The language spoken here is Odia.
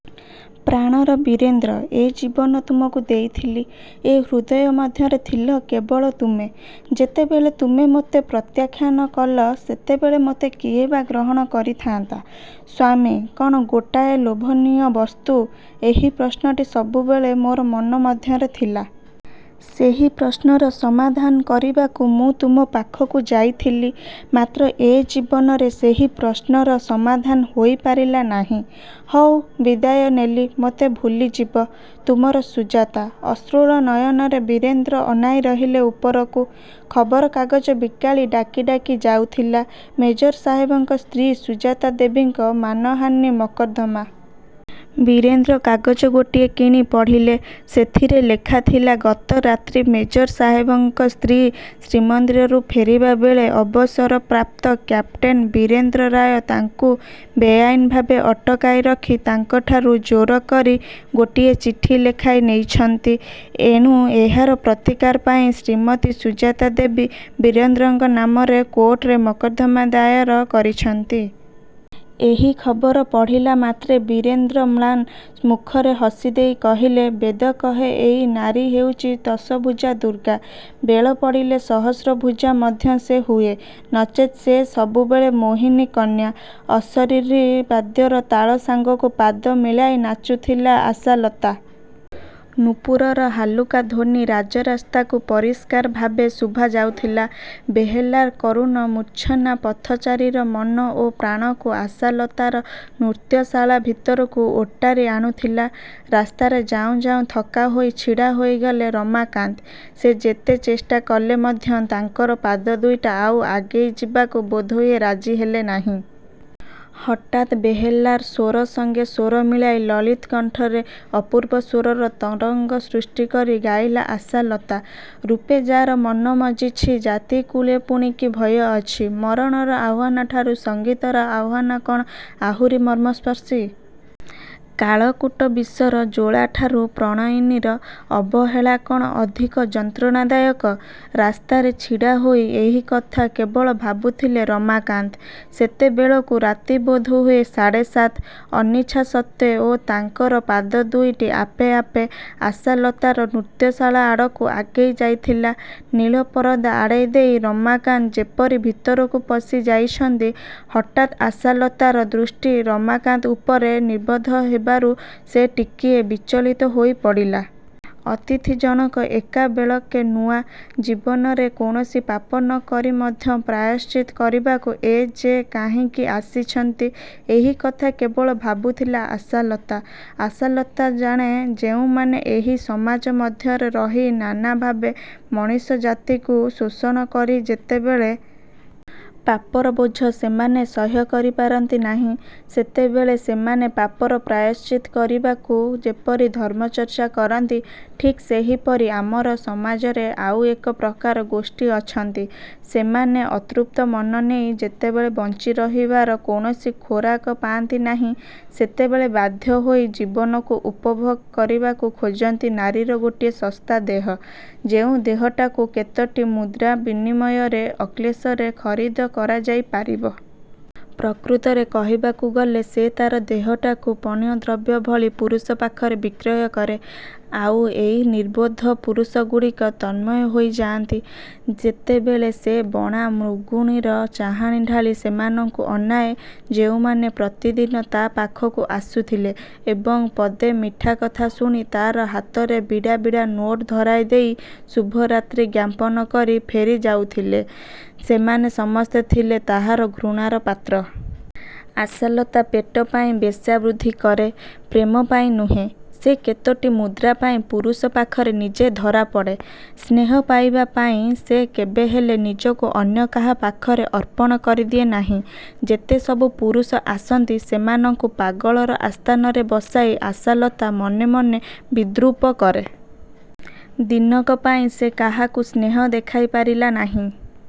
ପ୍ରାଣର ବୀରେନ୍ଦ୍ର ଏ ଜୀବନ ତୁମକୁ ଦେଇଥିଲି। ଏ ହୃଦୟ ମଧ୍ୟରେ ଥିଲ କେବଳ ତୁମେ। ଯେତେବେଳେ ତୁମେ ମୋତେ ପ୍ରତ୍ୟାଖ୍ୟାନ କଲ ସେତେବେଳେ ମୋତେ କିଏ ବା ଗ୍ରହଣ କରିଥାନ୍ତା? ସ୍ୱାମୀ କ'ଣ ଗୋଟାଏ ଲୋଭନୀୟ ବସ୍ତୁ? ଏହି ପ୍ରଶ୍ନଟି ସବୁବେଳେ ମୋର ମନ ମଧ୍ୟରେ ଥିଲା। ସେହି ପ୍ରଶ୍ନର ସମାଧାନ କରିବାକୁ ମୁଁ ତୁମ ପାଖକୁ ଯାଇଥିଲି। ମାତ୍ର ଏ ଜୀବନରେ ସେହି ପ୍ରଶ୍ନର ସମାଧାନ ହୋଇପାରିଲା ନାହିଁ। ହଉ ବିଦାୟ ନେଲି, ମୋତେ ଭୁଲିଯିବ-। ତୁମର ସୁଜାତା ଅଶ୍ରୁଳ ନୟନରେ ବୀରେନ୍ଦ୍ର ଅନାଇ ରହିଲେ ଉପରକୁ। ଖବରକାଗଜ ବିକାଳି ଡାକି ଡାକି ଯାଉଥିଲା ମେଜର ସାହେବଙ୍କ ସ୍ତ୍ରୀ ସୁଜାତାଦେବୀଙ୍କ ମାନହାନି ମକଦ୍ଦମା। ବୀରେନ୍ଦ୍ର କାଗଜ ଗୋଟିଏ କିଣି ପଢ଼ିଲେ। ସେଥିରେ ଲେଖାଥିଲା ଗତ ରାତ୍ରି ମେଜର ସାହେବଙ୍କ ସ୍ତ୍ରୀ ଶ୍ରୀମନ୍ଦିରରୁ ଫେରିବା ବେଳେ ଅବସର ପ୍ରାପ୍ତ କ୍ୟାପଟେନ୍ ବୀରେନ୍ଦ୍ର ରାୟ ତାଙ୍କୁ ବେଆଇନ୍ ଭାବେ ଅଟକାଇରଖି ତାଙ୍କଠାରୁ ଜୋରକରି ଗୋଟିଏ ଚିଠି ଲେଖାଇ ନେଇଛନ୍ତି। ଏଣୁ ଏହାର ପ୍ରତିକାର ପାଇଁ ଶ୍ରୀମତୀ ସୁଜାତାଦେବୀ ବୀରେନ୍ଦ୍ରଙ୍କ ନାମରେ କୋର୍ଟରେ ମକଦ୍ଦମା ଦାଏର କରିଛନ୍ତି। ଏହି ଖବର ପଢ଼ିଲା ମାତ୍ରେ ବୀରେନ୍ଦ୍ର ମ୍ଳାନ ମୁଖରେ ହସିଦେଇ କହିଲେ, ''ବେଦ କହେ ଏଇ ନାରୀ ହେଉଛି ଦଶଭୁଜା ଦୁର୍ଗା। ବେଳପଡ଼ିଲେ ସହସ୍ର ଭୁଜା ମଧ୍ୟ ସେ ହୁଏ। ନଚେତ୍ ସେ ସବୁବେଳେ ମୋହିନୀ କନ୍ୟା। '' ଅଶରୀରୀ ବାଦ୍ୟର ତାଳ ସାଙ୍ଗକୁ ପାଦ ମିଳାଇ ନାଚୁଥିଲା ଆଶାଲତା। ନୂପୁରର ହାଲୁକା ଧ୍ୱନି ରାଜରାସ୍ତାକୁ ପରିଷ୍କାର ଭାବେ ଶୁଭାଯାଉଥିଲା। ବେହେଲାର କରୁଣ ମୂର୍ଚ୍ଛନା ପଥଚାରୀର ମନ ଓ ପ୍ରାଣକୁ ଆଶାଲତାର ନୃତ୍ୟଶାଳା ଭିତରକୁ ଓଟାରି ଆଣୁଥିଲା। ରାସ୍ତାରେ ଯାଉଁ ଯାଉଁ ଥକାହୋଇ ଛିଡ଼ା ହୋଇଗଲେ ରମାକାନ୍ତ। ସେ ଯେତେ ଚେଷ୍ଟା କଲେ ମଧ୍ୟ ତାଙ୍କର ପାଦ ଦୁଇଟା ଆଉ ଆଗେଇ ଯିବାକୁ ବୋଧହୁଏ ରାଜି ହେଲେ ନାହିଁ। ହଠାତ୍ ବେହେଲାର ସ୍ୱର ସଙ୍ଗେ ସ୍ୱର ମିଳାଇ ଲଳିତ କଣ୍ଠରେ ଅପୂର୍ବ ସ୍ୱରର ତରଙ୍ଗ ସୃଷ୍ଟି କରି ଗାଇଲା ଆଶାଲତା- 'ରୂପେ ଯାର ମନ ମଜିଛି ଜାତି, କୁଳେ ପୁଣି କି ଭୟ ଅଛି? ' ମରଣର ଆହ୍ୱାନଠାରୁ ସଙ୍ଗୀତର ଆହ୍ୱାନ କ'ଣ ଆହୁରି ମର୍ମସ୍ପର୍ଶୀ? କାଳକୂଟ ବିଷର ଜ୍ୱଳାଠାରୁ ପ୍ରଣୟିନୀର ଅବହେଳା କ'ଣ ଅଧିକ ଯନ୍ତ୍ରଣାଦାୟକ? ରାସ୍ତାରେ ଛିଡ଼ାହୋଇ ଏହିକଥା କେବଳ ଭାବୁଥିଲେ ରମାକାନ୍ତ। ସେତେବେଳକୁ ରାତି ବୋଧହୁଏ ସାଢ଼େ ସାତ। ଅନିଚ୍ଛା ସତ୍ତ୍ୱେ ଓ ତାଙ୍କର ପାଦ ଦୁଇଟି ଆପେ ଆପେ। ଆଶାଲତାର ନୃତ୍ୟଶାଳା ଆଡ଼କୁ ଆଗେଇ ଯାଇଥିଲା। ନୀଳ ପରଦା ଆଡ଼େଇଦେଇ ରମାକାନ୍ତ ଯେପରି ଭିତରକୁ ପଶିଯାଇଛନ୍ତି, ହଠାତ୍ ଆଶାଲତାର ଦୃଷ୍ଟି ରମାକାନ୍ତ ଉପରେ ନିବଦ୍ଧ ହେବାରୁ ସେ ଟିକିଏ ବିଚଳିତ ହୋଇପଡ଼ିଲା। ଅତିଥିଜଣକ ଏକାବେଳକେ ନୂଆ। ଜୀବନରେ କୌଣସି ପାପ ନ କରି ମଧ୍ୟ ପ୍ରାୟଶ୍ଚିତ୍ତ କରିବାକୁ ଏ ଯେ କାହିଁକି ଆସିଛନ୍ତି ଏହିକଥା କେବଳ ଭାବୁଥିଲା ଆଶାଲତା। ଆଶାଲତା ଜାଣେ ଯେଉଁମାନେ ଏହି ସମାଜ ମଧ୍ୟରେ ରହି ନାନା ଭାବେ ମଣିଷ ଜାତିକୁ ଶୋଷଣ କରି ଯେତେବେଳେ ପାପର ବୋଝ ସେମାନେ ସହ୍ୟ କରିପାରନ୍ତି ନାହିଁ ସେତେବେଳେ ସେମାନେ ପାପର ପ୍ରାୟଶ୍ଚିତ କରିବାକୁ ଯେପରି ଧର୍ମଚର୍ଚ୍ଚା କରନ୍ତି, ଠିକ୍ ସେହିପରି ଆମର ସମାଜରେ ଆଉ ଏକ ପ୍ରକାର ଗୋଷ୍ଠୀ ଅଛନ୍ତି ସେମାନେ ଅତୃପ୍ତ ମନ ନେଇ ଯେତେବେଳେ ବଞ୍ଚିରହିବାର କୌଣସି ଖୋରାକ ପାଆନ୍ତି ନାହିଁ ସେତେବେଳେ ବାଧ୍ୟ ହୋଇ ଜୀବନକୁ ଉପଭୋଗ କରିବାକୁ ଖୋଜନ୍ତି ନାରୀର ଗୋଟିଏ ଶସ୍ତା ଦେହ, ଯେଉଁ ଦେହଟାକୁ କେତୋଟି ମୁଦ୍ରା ବିନିମୟରେ ଅକ୍ଳେଶରେ ଖରିଦ କରାଯାଇ ପାରିବ। ପ୍ରକୃତରେ କହିବାକୁ ଗଲେ ସେ ତା'ର ଦେହଟାକୁ ପଣ୍ୟ ଦ୍ରବ୍ୟ ଭଳି ପୁରୁଷ ପାଖରେ ବିକ୍ରୟ କରେ। ଆଉ ଏହି ନିର୍ବୋଧ ପୁରୁଷଗୁଡ଼ିକ ତନ୍ମୟ ହୋଇଯାଆନ୍ତି ଯେତେବେଳେ ସେ ବଣା ମୃଗୁଣୀର ଚାହାଣି ଢାଳି ସେମାନଙ୍କୁ ଅନାଏ। ଯେଉଁମାନେ ପ୍ରତିଦିନ ତା' ପାଖକୁ ଆସୁଥିଲେ ଏବଂ ପଦେ ମିଠା କଥା ଶୁଣି ତା'ର ହାତରେ ବିଡ଼ା ବିଡ଼ା ନୋଟ ଧରାଇଦେଇ ଶୁଭରାତ୍ରୀ ଜ୍ଞାପନ କରି ଫେରିଯାଉଥିଲେ ସେମାନେ ସମସ୍ତେ ଥିଲେ ତାହାର ଘୃଣାର ପାତ୍ର। ଆଶାଲତା ପେଟ ପାଇଁ ବେଶ୍ୟାବୃତ୍ତି କରେ, ପ୍ରେମ ପାଇଁ ନୁହେଁ। ସେ କେତୋଟି ମୁଦ୍ରା ପାଇଁ ପୁରୁଷ ପାଖରେ ନିଜେ ଧରାପଡ଼େ। ସ୍ନେହ ପାଇବା ପାଇଁ ସେ କେବେହେଲେ ନିଜକୁ ଅନ୍ୟ କାହା ପାଖରେ ଅର୍ପଣ କରି ଦିଏ ନାହିଁ। ଯେତେ ସବୁ ପୁରୁଷ ଆସନ୍ତି ସେମାନଙ୍କୁ ପାଗଳର ଆସ୍ଥାନରେ ବସାଇ ଆଶାଲତା ମନେମନେ ବିଦ୍ରୂପ କରେ। ଦିନକ ପାଇଁ ସେ କାହାକୁ ସ୍ନେହ ଦେଖାଇ ପାରିଲା ନାହିଁ।